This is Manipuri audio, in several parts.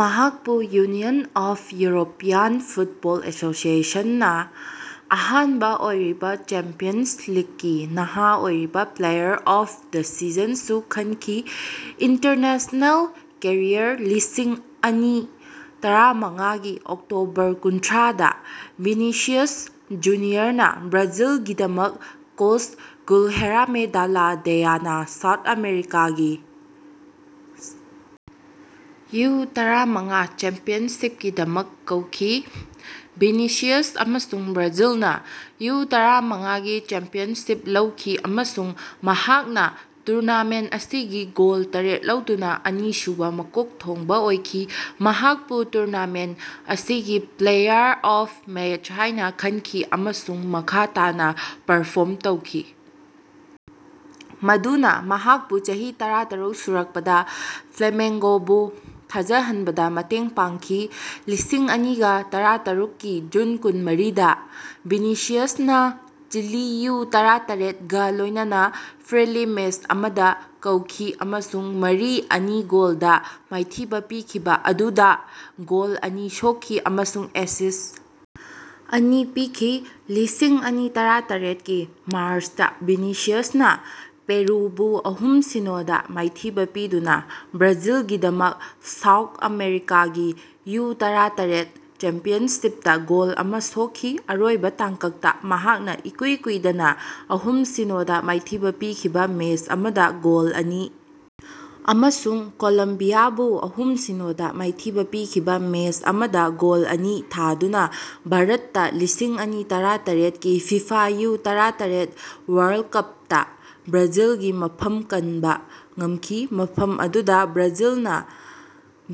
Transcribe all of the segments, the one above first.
ꯃꯍꯥꯛꯄꯨ ꯌꯨꯅꯤꯌꯟ ꯑꯣꯐ ꯌꯨꯔꯣꯄꯤꯌꯥꯟ ꯐꯨꯠꯕꯣꯜ ꯑꯦꯁꯣꯁꯦꯁꯟꯅꯥ ꯑꯍꯥꯟꯕ ꯑꯣꯏꯔꯤꯕ ꯆꯦꯝꯄꯤꯌꯟꯁ ꯂꯤꯛꯀꯤ ꯅꯍꯥ ꯑꯣꯏꯔꯤꯕ ꯄ꯭ꯂꯦꯌꯥꯔ ꯑꯣꯐ ꯗ ꯁꯤꯖꯟꯁꯨ ꯈꯟꯈꯤ꯫ ꯏꯟꯇꯔꯅꯦꯁꯅꯦꯜ ꯀꯦꯔꯤꯌꯔ ꯂꯤꯁꯤꯡ ꯑꯅꯤ ꯇꯔꯥꯃꯉꯥꯒꯤ ꯑꯣꯛꯇꯣꯕꯔ ꯀꯨꯟꯊ꯭ꯔꯥꯗ ꯚꯤꯅꯤꯁꯤꯌꯁ ꯖꯨꯅꯤꯌꯔꯅ ꯕ꯭ꯔꯥꯖꯤꯜꯒꯤꯗꯃꯛ ꯀꯣꯁ ꯒꯨꯏꯜꯍꯦꯔꯃꯦ ꯗꯥꯜꯂꯥ ꯗꯦꯌꯥꯅꯥ ꯁꯥꯎꯊ ꯑꯃꯦꯔꯤꯀꯥꯒꯤ ꯌꯨ-ꯇꯔꯥꯃꯉꯥ ꯆꯦꯝꯄꯤꯌꯟꯁꯤꯞꯀꯤꯗꯃꯛ ꯀꯧꯈꯤ꯫ ꯚꯤꯅꯤꯁꯤꯌꯁ ꯑꯃꯁꯨꯡ ꯕ꯭ꯔꯥꯖꯤꯜꯅ ꯌꯨ-ꯇꯔꯥꯃꯉꯥꯒꯤ ꯆꯦꯝꯄꯤꯌꯟꯁꯤꯞ ꯂꯧꯈꯤ ꯑꯃꯁꯨꯡ ꯃꯍꯥꯛꯅ ꯇꯨꯔꯅꯥꯃꯦꯟ ꯑꯁꯤꯒꯤ ꯒꯣꯜ ꯇꯔꯦꯠ ꯂꯧꯗꯨꯅꯥ ꯑꯅꯤꯁꯨꯕꯥ ꯃꯀꯣꯛ ꯊꯣꯡꯕ ꯑꯣꯏꯈꯤ꯫ ꯃꯍꯥꯛꯄꯨ ꯇꯨꯔꯅꯥꯃꯦꯟ ꯑꯁꯤꯒꯤ ꯄ꯭ꯂꯦꯌꯥꯔ ꯑꯣꯐ ꯃꯦꯠꯁ ꯑꯣꯏꯅ ꯈꯟꯈꯤ ꯑꯃꯁꯨꯡ ꯃꯈꯥ ꯇꯥꯅꯥ ꯄꯔꯐꯣꯔꯝ ꯇꯧꯈꯤ ꯃꯗꯨꯅ ꯃꯍꯥꯛꯄꯨ ꯆꯍꯤ ꯇꯔꯥꯇꯔꯨꯛ ꯁꯨꯔꯛꯄꯗ ꯐ꯭ꯂꯦꯃꯦꯡꯒꯣꯕꯨ ꯊꯥꯖꯍꯟꯕꯗꯥ ꯃꯇꯦꯡ ꯄꯥꯡꯈꯤ꯫ ꯂꯤꯁꯤꯡ ꯑꯅꯤꯒꯥ ꯇꯔꯥꯇꯔꯨꯛꯀꯤ ꯖꯨꯟ ꯀꯨꯟꯃꯔꯤꯗꯥ ꯚꯤꯅꯤꯁꯤꯌꯁꯅꯥ ꯆꯤꯂꯤ ꯌꯨ-ꯇꯔꯥꯇꯔꯦꯠꯒꯥ ꯂꯣꯢꯅꯅ ꯐ꯭ꯔꯦꯟꯂꯤ ꯃꯦꯁ ꯑꯃꯗ ꯀꯧꯈꯤ ꯑꯃꯁꯨꯡ ꯃꯔꯤ-ꯑꯅꯤ ꯒꯣꯜꯗ ꯃꯥꯏꯊꯤꯕ ꯄꯤꯈꯤꯕ ꯑꯗꯨꯗꯥ ꯒꯣꯜ ꯑꯅꯤ ꯁꯣꯛꯈꯤ ꯑꯃꯁꯨꯡ ꯑꯦꯁꯤꯁ꯭ꯠ ꯑꯅꯤ ꯄꯤꯈꯤ꯫ ꯂꯤꯁꯤꯡ ꯑꯅꯤ ꯇꯔꯥꯇꯔꯦꯠꯀꯤ ꯃꯥꯔꯁꯇꯥ ꯚꯤꯅꯤꯁꯤꯌꯁꯅꯥ ꯄꯦꯔꯨꯕꯨ ꯑꯍꯨꯝ-ꯁꯤꯅꯣ ꯗ ꯃꯥꯏꯊꯤꯕ ꯄꯤꯗꯨꯅ ꯕ꯭ꯔꯥꯖꯤꯜꯒꯤꯗꯃꯛ ꯁꯥꯎꯠ ꯑꯃꯦꯔꯤꯀꯥꯒꯤ ꯌꯨ-ꯇꯔꯥꯇꯔꯦꯠ ꯆꯦꯝꯄꯤꯌꯟꯁꯤꯞꯇ ꯒꯣꯜ ꯑꯃ ꯁꯣꯛꯈꯤ꯫ ꯑꯔꯣꯏꯕ ꯇꯥꯡꯀꯛꯇꯥ ꯃꯍꯥꯛꯅꯥ ꯏꯀꯨꯏ ꯀꯨꯏꯗꯅꯥ ꯑꯍꯨꯝ-ꯁꯤꯅꯣ ꯗ ꯃꯥꯏꯊꯤꯕ ꯄꯤꯈꯤꯕ ꯃꯦꯁ ꯑꯃꯗ ꯒꯣꯜ ꯑꯅꯤ ꯑꯃꯁꯨꯡ ꯀꯣꯂꯝꯕꯤꯌꯥꯕꯨ ꯑꯍꯨꯝ-ꯁꯤꯅꯣꯗ ꯃꯥꯏꯊꯤꯕ ꯄꯤꯈꯤꯕ ꯃꯦꯁ ꯑꯃꯗ ꯒꯣꯜ ꯑꯅꯤ ꯊꯥꯗꯨꯅ ꯚꯥꯔꯠꯇ ꯂꯤꯁꯤꯡ ꯑꯅꯤ ꯇꯔꯥꯇꯔꯦꯠꯀꯤ ꯐꯤꯐꯥ ꯌꯨ-ꯇꯔꯥꯇꯔꯦꯠ ꯋꯥꯔꯜ ꯀꯞꯇꯥ ꯕ꯭ꯔꯥꯖꯤꯜꯒꯤ ꯃꯐꯝ ꯀꯟꯕꯥ ꯉꯝꯈꯤ, ꯃꯐꯝ ꯑꯗꯨꯗꯥ ꯕ꯭ꯔꯥꯖꯤꯜꯅꯥ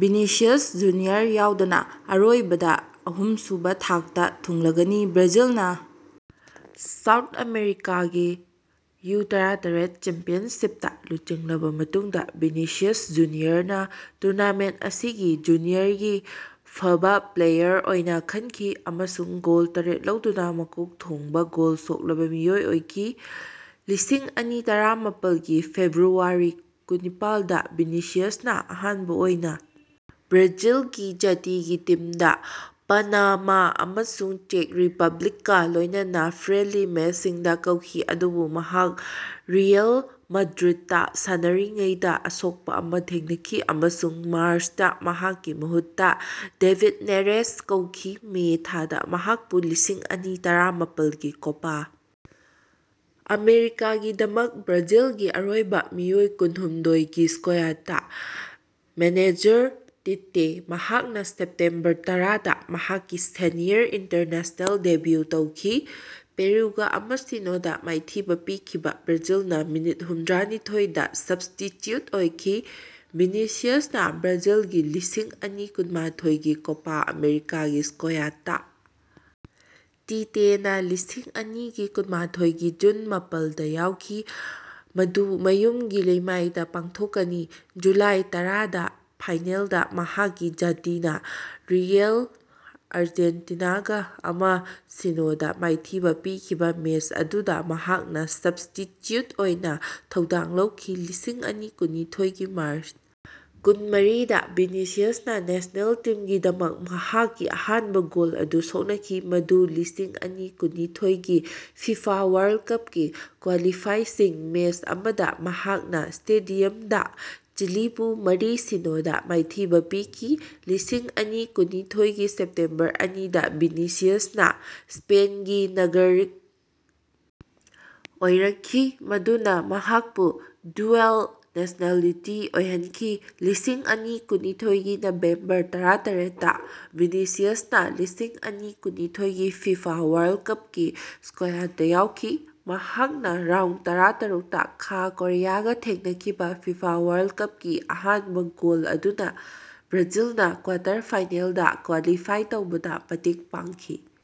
(ꯚꯤꯅꯤꯁꯤꯌꯁ ꯖꯨꯅꯤꯌꯔ ꯌꯥꯎꯗꯅꯥ) ꯑꯔꯣꯏꯕꯗꯥ ꯑꯍꯨꯝꯁꯨꯕꯥ ꯊꯥꯛꯇꯥ ꯊꯨꯡꯂꯒꯅꯤ꯫ ꯕ꯭ꯔꯥꯖꯤꯜꯅꯥ ꯁꯥꯎꯠ ꯑꯃꯦꯔꯤꯀꯥꯒꯤ ꯌꯨ-ꯇꯔꯥꯇꯔꯦꯠ ꯆꯦꯝꯄꯤꯌꯟꯁꯤꯞꯇꯥ ꯂꯨꯆꯤꯡꯂꯕꯥ ꯃꯇꯨꯡꯗꯥ ꯚꯤꯅꯤꯁꯤꯌꯁ ꯖꯨꯅꯤꯌꯔꯅꯥ ꯇꯨꯔꯅꯥꯃꯦꯟ ꯑꯁꯤꯒꯤ ꯖꯨꯅꯤꯌꯔꯒꯤ ꯐꯕꯥ ꯄ꯭ꯂꯦꯌꯥꯔ ꯑꯣꯏꯅ ꯈꯟꯈꯤ ꯑꯃꯁꯨꯡ ꯒꯣꯜ ꯇꯔꯦꯠ ꯂꯧꯗꯨꯅꯥ ꯃꯀꯣꯛ ꯊꯣꯡꯕ ꯒꯣꯜ ꯁꯣꯛꯂꯕꯥ ꯃꯤꯑꯣꯏ ꯑꯣꯏꯈꯤ꯫ ꯂꯤꯁꯤꯡ ꯑꯅꯤ ꯇꯔꯥꯃꯥꯄꯜꯒꯤ ꯐꯦꯕ꯭ꯔꯨꯋꯥꯔꯤ ꯀꯨꯟꯅꯤꯄꯥꯜꯗ ꯚꯤꯅꯤꯁꯤꯌꯁꯅꯥ ꯑꯍꯥꯟꯕ ꯑꯣꯏꯅ ꯕ꯭ꯔꯥꯖꯤꯜꯒꯤ ꯖꯥꯇꯤꯒꯤ ꯇꯤꯝꯗꯥ ꯄꯥꯅꯥꯃꯥ ꯑꯃꯁꯨꯡ ꯆꯦꯛ ꯔꯤꯄꯕ꯭ꯂꯤꯛꯀꯥ ꯂꯣꯢꯅꯅ ꯐ꯭ꯔꯦꯟꯂꯤ ꯃꯦꯁꯁꯤꯡꯗꯥ ꯀꯧꯈꯤ꯫ ꯑꯗꯨꯕꯨ ꯃꯍꯥꯛ ꯔꯤꯑꯦꯜ ꯃꯥꯗ꯭ꯔꯤꯠꯇꯥ ꯁꯥꯟꯅꯔꯤꯉꯩꯗꯥ ꯑꯁꯣꯛꯄ ꯑꯃ ꯊꯦꯡꯅꯈꯤ, ꯑꯃꯁꯨꯡ ꯃꯥꯔꯁꯇꯥ ꯃꯍꯥꯛꯀꯤ ꯃꯍꯨꯠꯇꯥ ꯗꯦꯕꯤꯠ ꯅꯦꯔꯦꯁ ꯀꯧꯈꯤ꯫ ꯃꯦ ꯊꯥꯗꯥ ꯃꯍꯥꯛꯄꯨ ꯂꯤꯁꯤꯡ ꯑꯅꯤ ꯇꯔꯥꯃꯥꯄꯜꯒꯤ ꯀꯣꯄꯥ ꯑꯥꯃꯦꯔꯤꯀꯥꯒꯤꯗꯃꯛ ꯕ꯭ꯔꯥꯖꯤꯜꯒꯤ ꯑꯔꯣꯏꯕ ꯃꯤꯑꯣꯏ ꯀꯨꯟꯍꯨꯝꯗꯣꯏꯒꯤ ꯁ꯭ꯀꯣꯌꯥꯠꯇꯥ ꯃꯦꯅꯦꯖꯔ ꯇꯤꯇꯦ ꯃꯍꯥꯛꯅꯥ ꯁꯦꯞꯇꯦꯝꯕꯔ ꯇꯔꯥꯗꯥ ꯃꯍꯥꯛꯀꯤ ꯁꯦꯅꯤꯌꯔ ꯏꯟꯇꯔꯅꯦꯁꯅꯦꯜ ꯗꯦꯕ꯭ꯌꯨ ꯇꯧꯈꯤ, ꯄꯦꯔꯨꯒꯥ ꯑꯃ-ꯁꯤꯅꯣꯗꯥ ꯃꯥꯏꯊꯤꯕꯥ ꯄꯤꯈꯤꯕꯥ ꯕ꯭ꯔꯥꯖꯤꯜꯅ ꯃꯤꯅꯤꯠ ꯍꯨꯝꯗ꯭ꯔꯥꯅꯤꯊꯣꯏꯗꯥ ꯁ꯭ꯕꯁꯇꯤꯆ꯭ꯌꯨꯠ ꯑꯣꯏꯈꯤ꯫ ꯚꯤꯅꯤꯁꯤꯌꯁꯅꯥ ꯕ꯭ꯔꯥꯖꯤꯜꯒꯤ ꯂꯤꯁꯤꯡ ꯑꯅꯤ ꯀꯨꯟꯃꯥꯊꯣꯏꯒꯤ ꯀꯣꯄꯥ ꯑꯥꯃꯦꯔꯤꯀꯥꯒꯤ ꯁ꯭ꯀꯣꯌꯥꯠꯇꯥ ꯇꯤꯇꯦꯅꯥ ꯂꯤꯁꯤꯡ ꯑꯅꯤꯒꯤ ꯀꯨꯟꯃꯥꯊꯣꯏꯒꯤ ꯖꯨꯟ ꯃꯥꯄꯜꯗ ꯌꯥꯎꯈꯤ, ꯃꯗꯨ ꯃꯌꯨꯝꯒꯤ ꯂꯩꯃꯥꯏꯗ ꯄꯥꯡꯊꯣꯛꯀꯅꯤ꯫ ꯖꯨꯂꯥꯏ ꯇꯔꯥꯗꯥ ꯐꯥꯏꯅꯦꯜꯗꯥ ꯃꯍꯥꯛꯀꯤ ꯖꯥꯇꯤꯅꯥ ꯔꯤꯑꯦꯜ ꯑꯥꯔꯖꯦꯟꯇꯤꯅꯥꯒꯥ ꯑꯃ-ꯁꯤꯅꯣ ꯗꯥ ꯃꯥꯏꯊꯤꯕꯥ ꯄꯤꯈꯤꯕꯥ ꯃꯦꯁ ꯑꯗꯨꯗꯥ ꯃꯍꯥꯛꯅ ꯁ꯭ꯕꯁꯇꯤꯆ꯭ꯌꯨꯠ ꯑꯣꯏꯅ ꯊꯧꯗꯥꯡ ꯂꯧꯈꯤ꯫ ꯂꯤꯁꯤꯡ ꯑꯅꯤ ꯀꯨꯟꯅꯤꯊꯣꯏꯒꯤ ꯃꯥꯔꯁ ꯀꯨꯟꯃꯔꯤꯗꯥ ꯚꯤꯅꯤꯁꯤꯌꯁꯅꯥ ꯅꯦꯁꯅꯦꯜ ꯇꯤꯝꯒꯤꯗꯃꯛ ꯃꯍꯥꯛꯀꯤ ꯑꯍꯥꯟꯕ ꯒꯣꯜ ꯑꯗꯨ ꯁꯣꯛꯅꯈꯤ, ꯃꯗꯨ ꯂꯤꯁꯤꯡ ꯑꯅꯤ ꯀꯨꯟꯅꯤꯊꯣꯏꯒꯤ ꯐꯤꯐꯥ ꯋꯥꯔꯜ ꯀꯞꯀꯤ ꯀ꯭ꯋꯥꯂꯤꯐꯥꯏꯁꯤꯡ ꯃꯦꯁ ꯑꯃꯗ ꯃꯍꯥꯛꯅ ꯁ꯭ꯇꯦꯗꯤꯌꯝꯗꯥ ꯆꯤꯂꯤꯕꯨ ꯃꯔꯤ-ꯁꯤꯅꯣ ꯗ ꯃꯥꯏꯊꯤꯕ ꯄꯤꯈꯤ꯫ꯂꯤꯁꯤꯡ ꯑꯅꯤ ꯀꯨꯟꯅꯤꯊꯣꯏꯒꯤ ꯁꯦꯞꯇꯦꯝꯕꯔ ꯑꯅꯤꯗꯥ ꯚꯤꯅꯤꯁꯤꯌꯁꯅꯥ ꯁ꯭ꯄꯦꯟꯒꯤ ꯅꯥꯒꯔꯤꯛ ꯑꯣꯏꯔꯛꯈꯤ, ꯃꯗꯨꯅꯥ ꯃꯍꯥꯛꯄꯨ ꯗ꯭ꯌꯨꯑꯦꯜ-ꯅꯦꯁꯅꯦꯂꯤꯇꯤ ꯑꯣꯏꯍꯟꯈꯤ ꯫ꯂꯤꯁꯤꯡ ꯑꯅꯤ ꯀꯨꯟꯅꯤꯊꯣꯏꯒꯤ ꯅꯕꯦꯝꯕꯔ ꯇꯔꯦꯠꯇꯥ ꯚꯤꯅꯤꯁꯤꯌꯁꯅꯥ ꯂꯤꯁꯤꯡ ꯑꯅꯤ ꯀꯨꯟꯅꯤꯊꯣꯏꯒꯤ ꯐꯤꯐꯥ ꯋꯥꯔꯜ ꯀꯞꯀꯤ ꯁ꯭ꯀꯣꯌꯥꯠꯇꯥ ꯌꯥꯎꯈꯤ ꯫ ꯃꯍꯥꯛꯅ ꯔꯥꯎꯟ ꯇꯔꯥꯇꯔꯨꯛꯇꯥ ꯈꯥ ꯀꯣꯔꯤꯌꯥꯒꯥ ꯊꯦꯡꯅꯈꯤꯕꯥ ꯐꯤꯐꯥ ꯋꯥꯔꯜ ꯀꯞꯀꯤ ꯑꯍꯥꯟꯕ ꯒꯣꯜ ꯑꯗꯨꯅ ꯕ꯭ꯔꯥꯖꯤꯜꯅ ꯀ꯭ꯋꯥꯇꯔ ꯐꯥꯏꯅꯦꯜꯗ ꯀ꯭ꯋꯥꯂꯤꯐꯥꯏ ꯇꯧꯕꯗꯥ ꯃꯇꯦꯡ ꯄꯥꯡꯈꯤ꯫